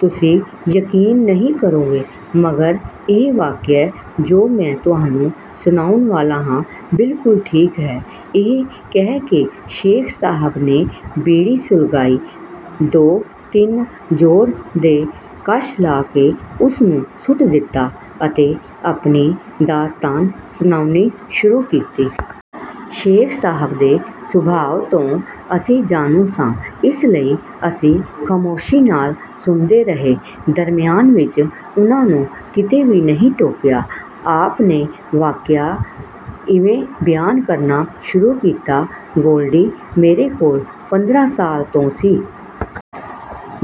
ਤੁਸੀਂ ਯਕੀਨ ਨਹੀਂ ਕਰੋਗੇ। ਮਗਰ ਇਹ ਵਾਕਿਆ ਜੋ ਮੈਂ ਤੁਹਾਨੂੰ ਸੁਣਾਉਣ ਵਾਲਾ ਹਾਂ, ਬਿਲਕੁਲ ਠੀਕ ਹੈ। ਇਹ ਕਹਿ ਕੇ ਸ਼ੇਖ ਸਾਹਿਬ ਨੇ ਬੀੜੀ ਸੁਲਗਾਈ। ਦੋ ਤਿੰਨ ਜ਼ੋਰ ਦੇ ਕਸ਼ ਲਾ ਕੇ ਉਸਨੂੰ ਸੁੱਟ ਦਿੱਤਾ ਅਤੇ ਆਪਣੀ ਦਾਸਤਾਨ ਸੁਣਾਉਣੀ ਸ਼ੁਰੂ ਕੀਤੀ। ਸ਼ੇਖ ਸਾਹਿਬ ਦੇ ਸੁਭਾਅ ਤੋਂ ਅਸੀਂ ਜਾਣੂ ਸਾਂ, ਇਸ ਲਈ ਅਸੀਂ ਖ਼ਾਮੋਸ਼ੀ ਨਾਲ ਸੁਣਦੇ ਰਹੇ। ਦਰਮਿਆਨ ਵਿੱਚ ਉਨ੍ਹਾਂ ਨੂੰ ਕਿਤੇ ਵੀ ਨਹੀਂ ਟੋਕਿਆ। ਆਪ ਨੇ ਵਾਕਿਆ ਇਵੇਂ ਬਿਆਨ ਕਰਨਾ ਸ਼ੁਰੂ ਕੀਤਾ: "ਗੋਲਡੀ ਮੇਰੇ ਕੋਲ ਪੰਦਰਾਂ ਸਾਲ ਤੋਂ ਸੀ।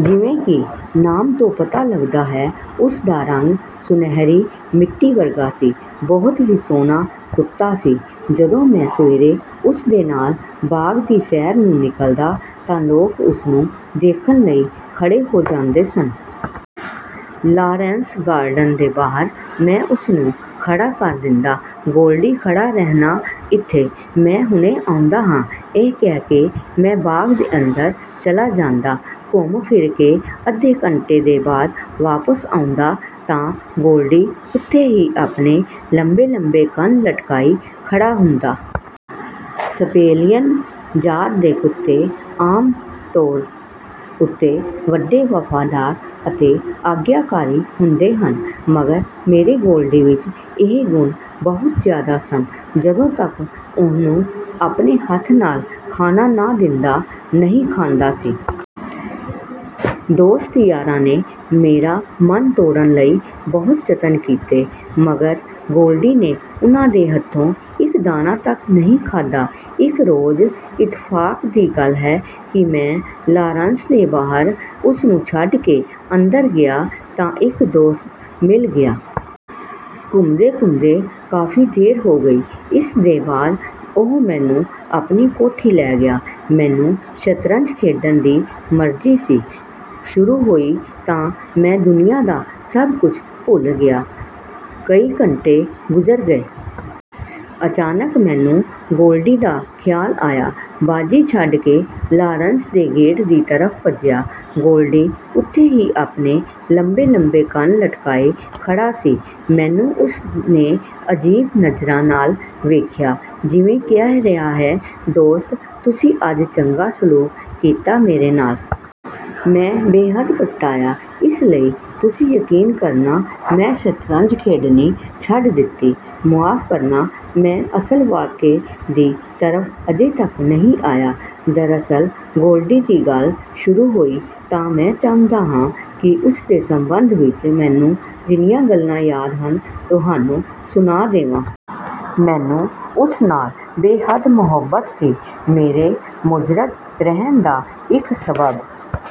ਜਿਵੇਂ ਕਿ ਨਾਮ ਤੋਂ ਪਤਾ ਲੱਗਦਾ ਹੈ, ਉਸ ਦਾ ਰੰਗ ਸੁਨਹਿਰੀ ਮਿੱਟੀ ਵਰਗਾ ਸੀ। ਬਹੁਤ ਹੀ ਸੋਹਣਾ ਕੁੱਤਾ ਸੀ। ਜਦੋਂ ਮੈਂ ਸਵੇਰੇ ਉਸ ਦੇ ਨਾਲ ਬਾਗ ਦੀ ਸੈਰ ਨੂੰ ਨਿਕਲਦਾ ਤਾਂ ਲੋਕ ਉਸਨੂੰ ਦੇਖਣ ਲਈ ਖੜੇ ਹੋ ਜਾਂਦੇ ਸਨ। ਲਾਰੈਂਸ ਗਾਰਡਨ ਦੇ ਬਾਹਰ ਮੈਂ ਉਸਨੂੰ ਖੜਾ ਕਰ ਦਿੰਦਾ। "ਗੋਲਡੀ, ਖੜਾ ਰਹਿਣਾ ਇੱਥੇ। ਮੈਂ ਹੁਣੇ ਆਉਂਦਾ ਹਾਂ।" ਇਹ ਕਹਿ ਕੇ ਮੈਂ ਬਾਗ ਦੇ ਅੰਦਰ ਚਲਾ ਜਾਂਦਾ। ਘੁੰਮ ਫਿਰ ਕੇ ਅੱਧੇ ਘੰਟੇ ਦੇ ਬਾਅਦ ਵਾਪਸ ਆਉਂਦਾ ਤਾਂ ਗੋਲਡੀ ਉਥੇ ਹੀ ਆਪਣੇ ਲੰਬੇ ਲੰਬੇ ਕੰਨ ਲਟਕਾਈ ਖੜਾ ਹੁੰਦਾ। ਸਪੇਨੀਅਲ ਜਾਤ ਦੇ ਕੁੱਤੇ ਆਮ ਤੌਰ ਉੱਤੇ ਵੱਡੇ ਵਫ਼ਾਦਾਰ ਅਤੇ ਆਗਿਆਕਾਰੀ ਹੁੰਦੇ ਹਨ। ਮਗਰ ਮੇਰੇ ਗੋਲਡੀ ਵਿੱਚ ਇਹ ਗੁਣ ਬਹੁਤ ਜ਼ਿਆਦਾ ਸਨ। ਜਦੋਂ ਤੱਕ ਉਹਨੂੰ ਆਪਣੇ ਹੱਥ ਨਾਲ ਖਾਣਾ ਨਾ ਦਿੰਦਾ, ਨਹੀਂ ਖਾਂਦਾ ਸੀ। ਦੋਸਤ ਯਾਰਾਂ ਨੇ ਮੇਰਾ ਮਨ ਤੋੜਨ ਲਈ ਬਹੁਤ ਜਤਨ ਕੀਤੇ, ਮਗਰ ਗੋਲਡੀ ਨੇ ਉਨ੍ਹਾਂ ਦੇ ਹੱਥੋਂ ਇੱਕ ਦਾਣਾ ਤੱਕ ਨਹੀਂ ਖਾਧਾ। ਇੱਕ ਰੋਜ਼ ਇਤਫ਼ਾਕ ਦੀ ਗੱਲ ਹੈ ਕਿ ਮੈਂ ਲਾਰੈਂਸ ਦੇ ਬਾਹਰ ਉਸਨੂੰ ਛੱਡ ਕੇ ਅੰਦਰ ਗਿਆ ਤਾਂ ਇੱਕ ਦੋਸਤ ਮਿਲ ਗਿਆ। ਘੁੰਮਦੇ ਘੁੰਮਦੇ ਕਾਫ਼ੀ ਦੇਰ ਹੋ ਗਈ। ਇਸ ਦੇ ਬਾਅਦ ਉਹ ਮੈਨੂੰ ਆਪਣੀ ਕੋਠੀ ਲੈ ਗਿਆ। ਮੈਨੂੰ ਸ਼ਤਰੰਜ ਖੇਡਣ ਦੀ ਮਰਜ਼ੀ ਸੀ। ਸ਼ੁਰੂ ਹੋਈ ਤਾਂ ਮੈਂ ਦੁਨੀਆ ਦਾ ਸਭ ਕੁਝ ਭੁੱਲ ਗਿਆ। ਕਈ ਘੰਟੇ ਗੁਜ਼ਰ ਗਏ। ਅਚਾਨਕ ਮੈਨੂੰ ਗੋਲਡੀ ਦਾ ਖ਼ਿਆਲ ਆਇਆ। ਬਾਜ਼ੀ ਛੱਡ ਕੇ ਲਾਰੈਂਸ ਦੇ ਗੇਟ ਦੀ ਤਰਫ਼ ਭੱਜਿਆ। ਗੋਲਡੀ ਉਥੇ ਹੀ ਆਪਣੇ ਲੰਬੇ ਲੰਬੇ ਕੰਨ ਲਟਕਾਏ ਖੜਾ ਸੀ। ਮੈਨੂੰ ਉਸ ਨੇ ਅਜੀਬ ਨਜ਼ਰਾਂ ਨਾਲ ਵੇਖਿਆ, ਜਿਵੇਂ ਕਹਿ ਰਿਹਾ ਹੈ, "ਦੋਸਤ, ਤੁਸੀਂ ਅੱਜ ਚੰਗਾ ਸਲੂਕ ਕੀਤਾ ਮੇਰੇ ਨਾਲ!" ਮੈਂ ਬੇਹੱਦ ਪਛਤਾਇਆ। ਇਸ ਲਈ ਤੁਸੀਂ ਯਕੀਨ ਕਰਨਾ, ਮੈਂ ਸ਼ਤਰੰਜ ਖੇਡਣੀ ਛੱਡ ਦਿੱਤੀ। ਮੁਆਫ਼ ਕਰਨਾ। ਮੈਂ ਅਸਲ ਵਾਕਏ ਦੀ ਤਰਫ਼ ਅਜੇ ਤੱਕ ਨਹੀਂ ਆਇਆ। ਦਰਅਸਲ ਗੋਲਡੀ ਦੀ ਗੱਲ ਸ਼ੁਰੂ ਹੋਈ ਤਾਂ ਮੈਂ ਚਾਹੁੰਦਾ ਹਾਂ ਕਿ ਉਸਦੇ ਸੰਬੰਧ ਵਿੱਚ ਮੈਨੂੰ ਜਿੰਨੀਆਂ ਗੱਲਾਂ ਯਾਦ ਹਨ, ਤੁਹਾਨੂੰ ਸੁਣਾ ਦੇਵਾਂ। ਮੈਨੂੰ ਉਸ ਨਾਲ ਬੇਹੱਦ ਮੁਹੱਬਤ ਸੀ। ਮੇਰੇ ਮੁਜੱਰਦ ਰਹਿਣ ਦਾ ਇੱਕ ਸਬੱਬ